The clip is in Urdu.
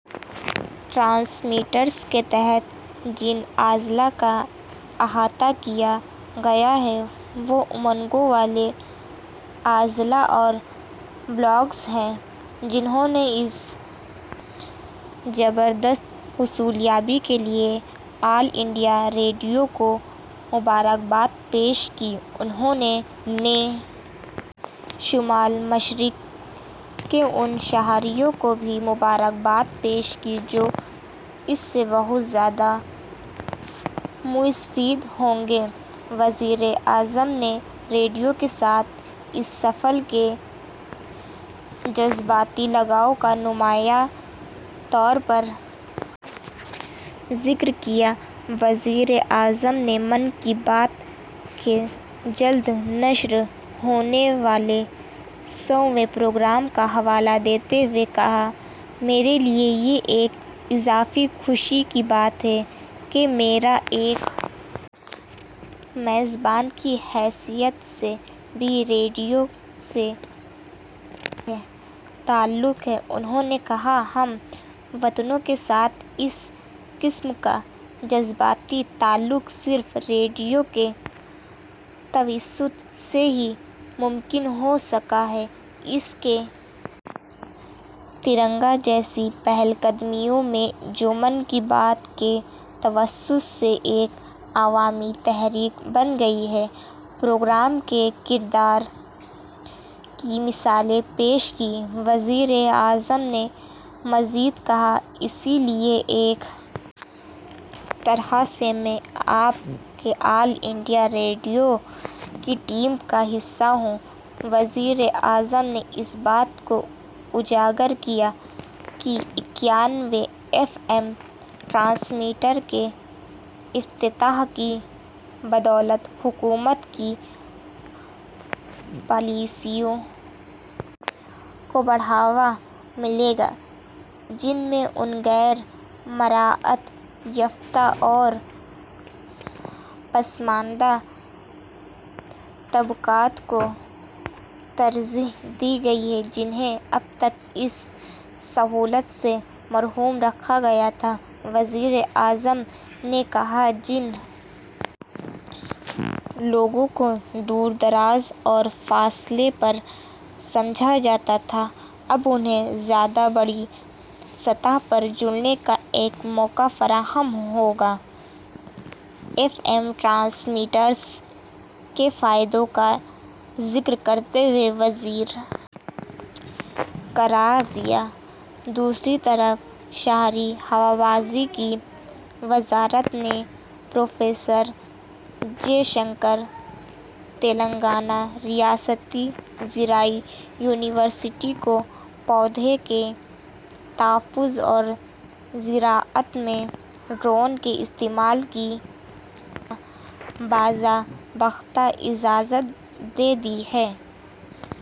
ٹرانسمیٹرس کے تحت جن اضلاع کا احاطہ کیا گیا ہے وہ امنگوں والے اضلاع اور بلاکس ہیں انہوں نے اس زبردست حصولیابی کے لیے آل انڈیا ریڈیو کو مبارکباد پیش کی انہوں نے شمال مشرق کے ان شہریوں کو بھی مبارکباد پیش کی جو اس سے بہت زیادہ مستفید ہوں گے وزیر اعظم نے ریڈیو کے ساتھ اس نسل کے جذباتی لگاؤ کا نمایاں طور پر ذکر کیا وزیر اعظم نے من کی بات کے جلد نشر ہونے والے سو ویں پروگرام کا حوالہ دیتے ہوئے کہا میرے لیے یہ ایک اضافی خوشی کی بات ہے کہ میرا ایک میزبان کی حیثیت سے بھی ریڈیو سے تعلق ہے انہوں نے کہا ہم وطنوں کے ساتھ اس قسم کا جذباتی تعلق صرف ریڈیو کے توسط سے ہی ممکن ہو سکا ہے اس کے ترنگا جیسی پہل قدمیوں میں جو من کی بات کے توسط سے ایک عوامی تحریک بن گئی ہیں پروگرام کے کردار کی مثالیں پیش کیں وزیر اعظم نے مزید کہا اسی لیے ایک طرح سے میں آپ کے آل انڈیا ریڈیو کی ٹیم کا حصہ ہوں وزیر اعظم نے اس بات کو اجاگر کیا کہ اکانوے ایف ایم ٹرانسمیٹرس کے افتتاح کی بدولت حکومت کی پالیسیوں کو بڑھاوا ملے گا جن میں ان غیر مراعات یافتہ اور پسماندہ طبقات کو ترجیح دی گئی ہے جنہیں اب تک اس سہولت سے محروم رکھا گیا تھا وزیر اعظم نے کہا جن لوگوں کو دور دراز اور فاصلے پر سمجھا جاتا تھا اب انہیں زیادہ بڑی سطح پر جڑنے کا ایک موقع فراہم ہو گا ایف ایم ٹرانسمیٹرس کے فائدوں کا ذکر کرتے ہوئے وزیر قرار دیا دوسری طرف شہری ہوابازی کی وزارت نے پروفیسر جے شنکر تلنگانہ ریاستی زرعی یونیورسٹی کو پودوں کی تحفظ اور زراعت میں ڈرون کے استعمال کی باضابطہ اجازت دے دی ہے